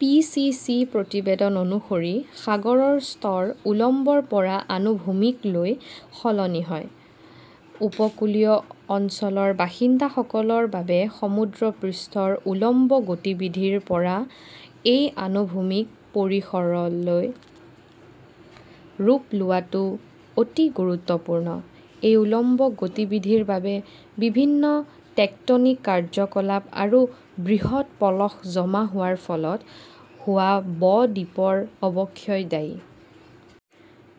P. C. C. প্ৰতিবেদন অনুসৰি, সাগৰৰ স্তৰ উলম্বৰ পৰা আনুভূমিকলৈ সলনি হয়। উপকূলীয় অঞ্চলৰ বাসিন্দাসকলৰ বাবে সমুদ্ৰপৃষ্ঠৰ উলম্ব গতিবিধিৰ পৰা এই আনুভূমিক পৰিসৰলৈ ৰূপ লোৱাটো অতি গুৰুত্বপূৰ্ণ। এই উলম্ব গতিবিধিৰ বাবে বিভিন্ন টেক্টনিক কাৰ্যকলাপ আৰু বৃহৎ পলস জমা হোৱাৰ ফলত হোৱা ব-দ্বীপৰ অৱক্ষয় দায়ী।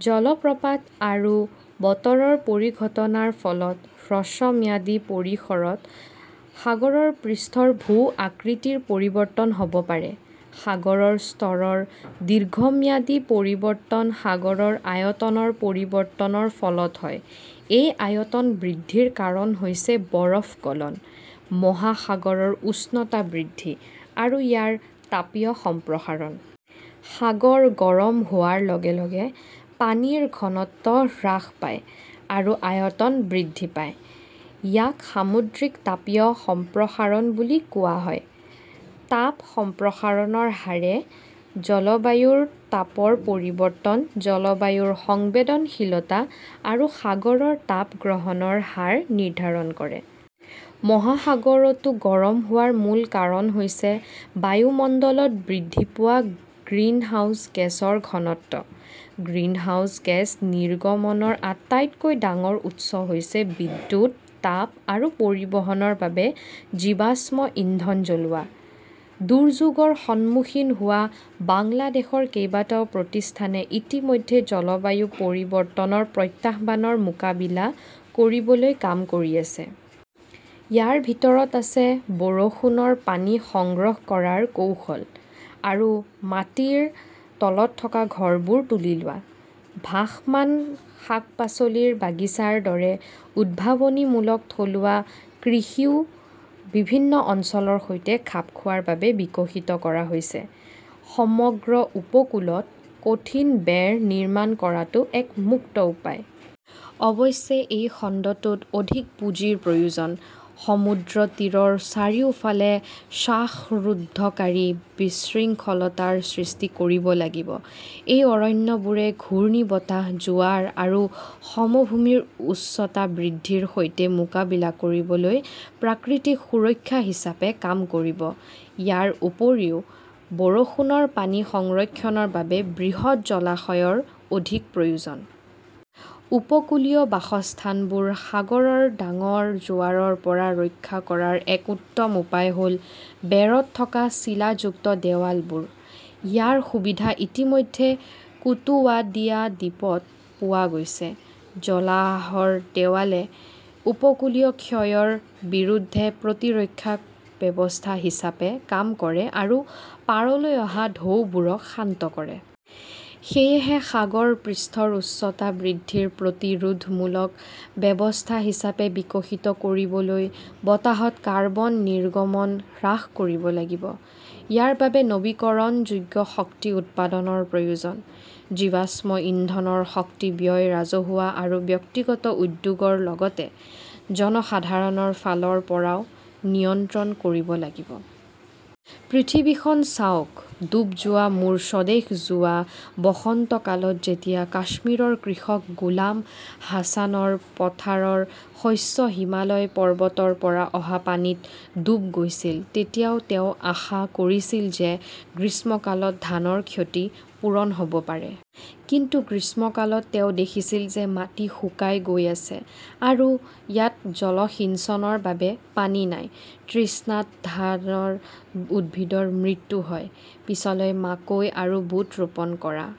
জলপ্ৰপাত আৰু বতৰৰ পৰিঘটনাৰ ফলত হ্ৰস্বম্যাদী পৰিসৰত সাগৰৰ পৃষ্ঠৰ ভূ-আকৃতিৰ পৰিৱৰ্তন হ’ব পাৰে। সাগৰৰ স্তৰৰ দীৰ্ঘম্যাদী পৰিৱৰ্তন সাগৰৰ আয়তনৰ পৰিৱৰ্তনৰ ফলত হয়। এই আয়তন বৃদ্ধিৰ কাৰণ হৈছে বৰফ গলন, মহাসাগৰৰ উষ্ণতা বৃদ্ধি আৰু ইয়াৰ তাপীয় সম্প্ৰসাৰণ। সাগৰ গৰম হোৱাৰ লগে লগে পানীৰ ঘনত্ব হ্ৰাস পায় আৰু আয়তন বৃদ্ধি পায়। ইয়াক সামুদ্ৰিক তাপীয় সম্প্ৰসাৰণ বুলি কোৱা হয়। তাপ সম্প্ৰসাৰণৰ হাৰে জলবায়ুৰ তাপৰ পৰিৱৰ্তন, জলবায়ুৰ সংবেদনশীলতা আৰু সাগৰৰ তাপ গ্ৰহণৰ হাৰ নিৰ্ধাৰণ কৰে। মহাসাগৰটো গৰম হোৱাৰ মূল কাৰণ হৈছে বায়ুমণ্ডলত বৃদ্ধি পোৱা গ্ৰিনহাউজ গেছৰ ঘনত্ব। গ্ৰিনহাউজ গেছ নিৰ্গমনৰ আটাইতকৈ ডাঙৰ উৎস হৈছে বিদ্যুৎ, তাপ আৰু পৰিবহণৰ বাবে জীৱাশ্ম ইন্ধন জ্বলোৱা। দুৰ্যোগৰ সন্মুখীন হোৱা বাংলাদেশৰ কেইবাটাও প্ৰতিষ্ঠানে ইতিমধ্যে জলবায়ু পৰিৱৰ্তনৰ প্ৰত্যাহ্বানৰ মোকাবিলা কৰিবলৈ কাম কৰি আছে। ইয়াৰ ভিতৰত আছে বৰষুণৰ পানী সংগ্ৰহ কৰাৰ কৌশল আৰু মাটিৰ তলত থকা ঘৰবোৰ তুলি লোৱা। ভাসমান শাক-পাচলিৰ বাগিচাৰ দৰে উদ্ভাৱনীমূলক থলুৱা কৃষিও বিভিন্ন অঞ্চলৰ সৈতে খাপ খোৱাৰ বাবে বিকশিত কৰা হৈছে। সমগ্ৰ উপকূলত কঠিন বেৰ নিৰ্মাণ কৰাটো এক মুক্ত উপায়। অৱশ্যে এই খণ্ডটোত অধিক পুঁজিৰ প্ৰয়োজন। সমুদ্ৰতীৰৰ চাৰিওফালে শ্বাসৰুদ্ধকাৰী বিশৃংখলতাৰ সৃষ্টি কৰিব লাগিব। এই অৰণ্যবোৰে ঘূৰ্ণীবতাহ, জোৱাৰ আৰু সমভূমিৰ উচ্চতা বৃদ্ধিৰ সৈতে মোকাবিলা কৰিবলৈ প্ৰাকৃতিক সুৰক্ষা হিচাপে কাম কৰিব। ইয়াৰ উপৰিও বৰষুণৰ পানী সংৰক্ষণৰ বাবে বৃহৎ জলাশয়ৰ অধিক প্ৰয়োজন। উপকূলীয় বাসস্থানবোৰ সাগৰৰ ডাঙৰ জোৱাৰৰ পৰা ৰক্ষা কৰাৰ এক উত্তম উপায় হ’ল বেৰত থকা চিলাযুক্ত দেৱালবোৰ। ইয়াৰ সুবিধা ইতিমধ্যে কুতুবাদিয়া দ্বীপত পোৱা গৈছে। জলাহৰ দেৱালে উপকূলীয় ক্ষয়ৰ বিৰুদ্ধে প্ৰতিৰক্ষা ব্যৱস্থা হিচাপে কাম কৰে আৰু পাৰলৈ অহা ঢৌবোৰক শান্ত কৰে। সেয়েহে, সাগৰ পৃষ্ঠৰ উচ্চতা বৃদ্ধিৰ প্ৰতিৰোধমূলক ব্যৱস্থা হিচাপে বিকশিত কৰিবলৈ বতাহত কাৰ্বন নিৰ্গমন হ্ৰাস কৰিব লাগিব। ইয়াৰ বাবে নৱীকৰণযোগ্য শক্তি উৎপাদনৰ প্ৰয়োজন। জীৱাশ্ম ইন্ধনৰ শক্তি ব্যয় ৰাজহুৱা আৰু ব্যক্তিগত উদ্যোগৰ লগতে জনসাধাৰণৰ ফালৰ পৰাও নিয়ন্ত্ৰণ কৰিব লাগিব। পৃথিৱীখন চাওক, ডুব যোৱা মোৰ স্বদেশ যোৱা বসন্তকালত যেতিয়া কাশ্মীৰৰ কৃষক গোলাম হাছানৰ পথাৰৰ শস্য হিমালয় পৰ্বতৰ পৰা অহা পানীত ডুব গৈছিল, তেতিয়াও তেওঁ আশা কৰিছিল যে গ্ৰীষ্মকালত ধানৰ ক্ষতি পূৰণ হ 'ব পাৰে। কিন্তু গ্ৰীষ্মকালত তেওঁ দেখিছিল যে মাটি শুকাই গৈ আছে, আৰু ইয়াত জলসিঞ্চনৰ বাবে পানী নাই। তৃষ্ণাত ধানৰ উদ্ভিদৰ মৃত্যু হয়। পিছলৈ মাকৈ আৰু বুট ৰোপণ কৰা